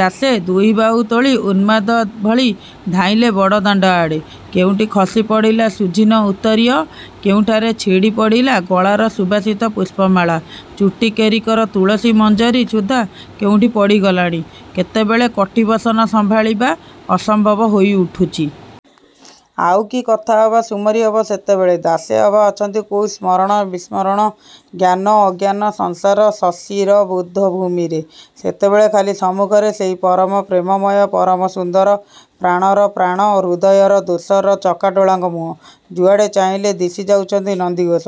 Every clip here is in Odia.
ଦାସେ ଦୁଇବାହୁ ତୋଳି ଉନ୍ମାଦ ଭଳି ଧାଇଁଲେ ବଡ଼ଦାଣ୍ଡ ଆଡ଼େ। କେଉଁଠି ଖସି ପଡ଼ିଲା ସୁଝୀନ ଉତ୍ତରୀୟ। କେଉଁଠାରେ ଛିଣ୍ଡି ପଡ଼ିଲା ଗଳାର ସୁବାସିତ ପୁଷ୍ପମାଳା। ଚୁଟି କେରିକର ତୁଳସୀ ମଞ୍ଜରୀ ସୁଦ୍ଧା କେଉଁଠି ପଡ଼ିଗଲାଣି। କେତେବେଳେ କଟି ବସନ ସମ୍ଭାଳିବା ଅସମ୍ଭବ ହୋଇ ଉଠୁଛି। ଆଉ କି କଥା ଅବା ସୁମରି ହେବ ସେତେବେଳେ? ଦାସେ ଅବା ଅଛନ୍ତି କୋଉ ସ୍ମରଣ ବିସ୍ମରଣ, ଜ୍ଞାନ, ଅଜ୍ଞାନ, ସଂସାର ଶଶୀର-ବୋଧ ଭୂମିରେ? ସେତେବେଳେ ଖାଲି ସମ୍ମୁଖରେ ସେଇ ପରମ ପ୍ରେମମୟ, ପରମ ସୁନ୍ଦର, ପ୍ରାଣର ପ୍ରାଣ ହୃଦୟର ଦୋସର ଚକାଡ଼ୋଳଙ୍କ ମୁହଁ। ଯୁଆଡ଼େ ଚାହିଁଲେ ଦିଶି ଯାଉଛନ୍ତି ନନ୍ଦିଘୋଷ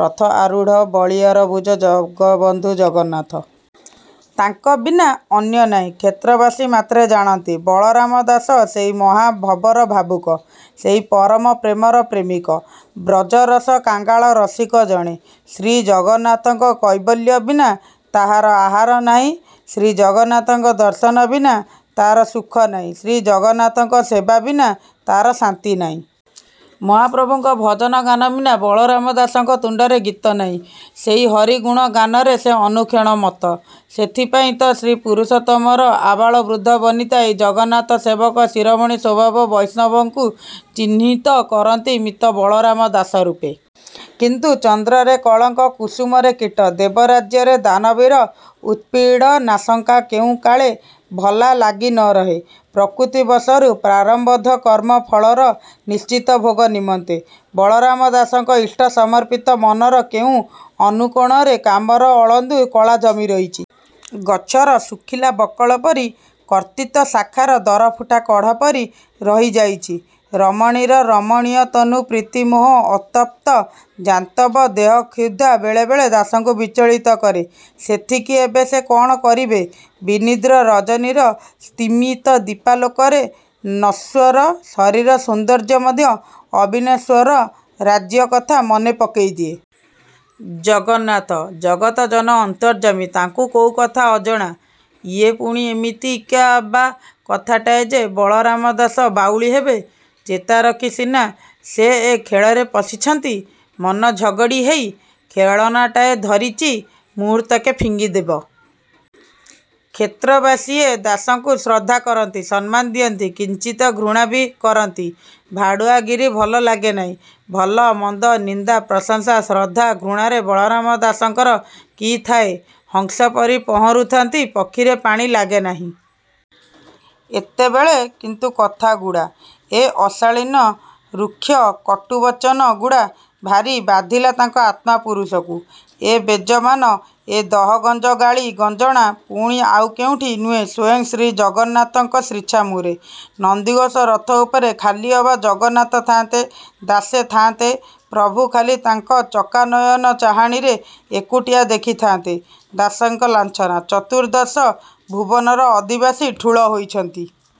ରଥ ଆରୁଢ଼ ବଳୀୟାର ଭୂଜ ଜଗବନ୍ଧୁ ଜଗନ୍ନାଥ। ତାଙ୍କ ବିନା ଅନ୍ୟ ନାହିଁ। କ୍ଷେତ୍ର ବାସୀ ମାତ୍ରେ ଜାଣନ୍ତି, ବଳରାମ ଦାସ, ସେଇ ମହା ଭବର ଭାବୁକ, ସେଇ ପରମ ପ୍ରେମର ପ୍ରେମିକ, ବ୍ରଜରସ କାଙ୍ଗାଳ ରସିକ ଜଣେ। ଶ୍ରୀ ଜଗନ୍ନାଥଙ୍କ କୈବଲ୍ୟ ବିନା ତା'ର ଆହାର ନାହିଁ ଶ୍ରୀଜଗନ୍ନାଥଙ୍କ ଦର୍ଶନ ବିନା ତା'ର ସୁଖ ନାହିଁ, ଶ୍ରୀ ଜଗନ୍ନାଥଙ୍କ ସେବା ବିନା ତା'ର ଶାନ୍ତି ନାହିଁ। ମହାପ୍ରଭୁଙ୍କ ଭଜନ ଗାନ ବିନା ବଳରାମ ଦାସଙ୍କ ତୁଣ୍ଡରେ ଗୀତ ନାହିଁ। ସେଇ ହରି ଗୁଣ ଗାନରେ ସେ ଅନୁକ୍ଷଣେ ମତ୍ତ। ସେଇଥି ପାଇଁ ତ ଶ୍ରୀ ପୁରୁଷୋତ୍ତମର, ଆବାଳ ବୃଦ୍ଧ ବନିତା, ଏଇ ଜଗନ୍ନାଥ ସେବକ ଶିରୋମଣି ସ୍ୱଭାବ ବୈଷ୍ଣବଙ୍କୁ ଚିହ୍ନିତ କରନ୍ତି ମିତ୍ତ ବଳରାମ ଦାସ ରୂପେ। କିନ୍ତୁ– ଚନ୍ଦ୍ରରେ କଳଙ୍କ, କୁସୁମରେ କୀଟ, ଦେବ ରାଜ୍ୟରେ ଦାନବର ଉତ୍ପୀଡ଼ନାଶଙ୍କା କେଉଁ କାଳେ ଭଲା ଲାଗି ନ ରହେ। ପ୍ରକୃତିବଶରୁ, ପ୍ରାରବ୍ଧ କର୍ମ ଫଳର, ନିଶ୍ଚିତ ଭୋଗ ନିମନ୍ତେ, ବଳରାମ ଦାସଙ୍କ ଇଷ୍ଟ ସମର୍ପିତ ମନର କେଉଁ ଅନୁକୋଣରେ କାମର ଅଳନ୍ଧୁ କଳା ଜମି ରହିଛି। ଗଛର ଶୁଖିଲା ବକଳ ପରି, କର୍ତ୍ତିତ ଶାଖାର ଦରଫୁଟା କଢ଼ି ପରି ରହି ଯାଇଛି। ରମଣୀର ରମଣୀୟ ତନୁ ପ୍ରୀତି ମୋହ ଅତପ୍ତ ଜାନ୍ତବ ଦେହ-କ୍ଷୁଧା ବେଳେବେଳେ ଦାସଙ୍କୁ ବିଚଳିତ କରେ। ସେଥିକି, ଏବେ ସେ କ'ଣ କରିବେ? ବିନିଦ୍ର ରଜନୀର ସ୍ତିମୀତ ଦୀପାଲୋକରେ ନଶ୍ୱର ଶରୀର ସୌନ୍ଦର୍ଯ୍ୟ ମଧ୍ୟ ଅବିନଶ୍ୱର ରାଜ୍ୟ କଥା ମନେ ପକେଇ ଦିଏ। ଜଗନ୍ନାଥ, ଜଗତ ଜନ ଅନ୍ତର୍ଯ୍ୟାମୀ ତାଙ୍କୁ କୋଉ କଥା ଅଜଣା। ୟେ' ପୁଣି ଏମିତି କି ' ବା କଥାଟାଏ ଯେ, ବଳରାମ ଦାସ ବାଉଳି ହେବେ। ଚେତାରଖି ସିନା, ସେ ଏ ଖେଳରେ ପଶିଛନ୍ତି ମନ ଝଗଡ଼ି ହେଇ, ଖେଳଣାଟାଏ ଧରିଚି ମୁହୂର୍ତ୍ତକେ ଫିଙ୍ଗିଦେବ। କ୍ଷେତ୍ରବାସୀଏ ଦାସଙ୍କୁ ଶ୍ରଦ୍ଧା କରନ୍ତି, ସମ୍ମାନ ଦିଅନ୍ତି, କିଞ୍ଚିତ ଘୃଣା ବି କରନ୍ତି। ଭାଡ଼ୁଆ ଗିରୀ ଭଲ ଲାଗେ ନାହିଁ। ଭଲ, ମନ୍ଦ, ନିନ୍ଦା, ପ୍ରଶଂସା, ଶ୍ରଦ୍ଧା, ଘୃଣାରେ ବଳରାମ ଦାସଙ୍କର କି' ଥାଏ? ହଂସ ପରି ପହଂରୁ ଥାଆନ୍ତି। ପକ୍ଷୀରେ ପାଣି ଲାଗେ ନାହିଁ। ଏତେବେଳେ କିନ୍ତୁ କଥାଗୁଡ଼ା, ସେ ଅଶାଳୀନ, ରୁକ୍ଷ, କଟୁ ବଚନ ଗୁଡ଼ା, ଭାରି ବାଧିଲା ତାଙ୍କ ଆତ୍ମା ପୁରୁଷକୁ। ଏ ବେଜମାନ, ଏ ଦହଗଞ୍ଜ ଗାଳି, ଗଞ୍ଜଣା, ପୁଣି ଆଉ କେଉଁଠି ନୁହେଁ ସ୍ୱୟଂ ଶ୍ରୀ ଜଗନ୍ନାଥଙ୍କ ଶ୍ରୀ ଛାମୁରେ। ନନ୍ଦିଘୋଷ ରଥ ଉପରେ ଖାଲି ଅବା ଜଗନ୍ନାଥ, ଥାଆନ୍ତେ, ଦାସେ ଥଆନ୍ତେ ପ୍ରଭୁ ଖାଲି ତାଙ୍କ ଚକା ନୟନ ଚାହାଣିରେ, ଏକୁଟିଆ ଦେଖି ଥାଆନ୍ତେ ଦାସଙ୍କ ଲାଞ୍ଛନା। ଚତୁର୍ଦ୍ଦଶ ଭୁବନର ଅଧିବାସୀ ଠୁଳ ହୋଇଛନ୍ତି।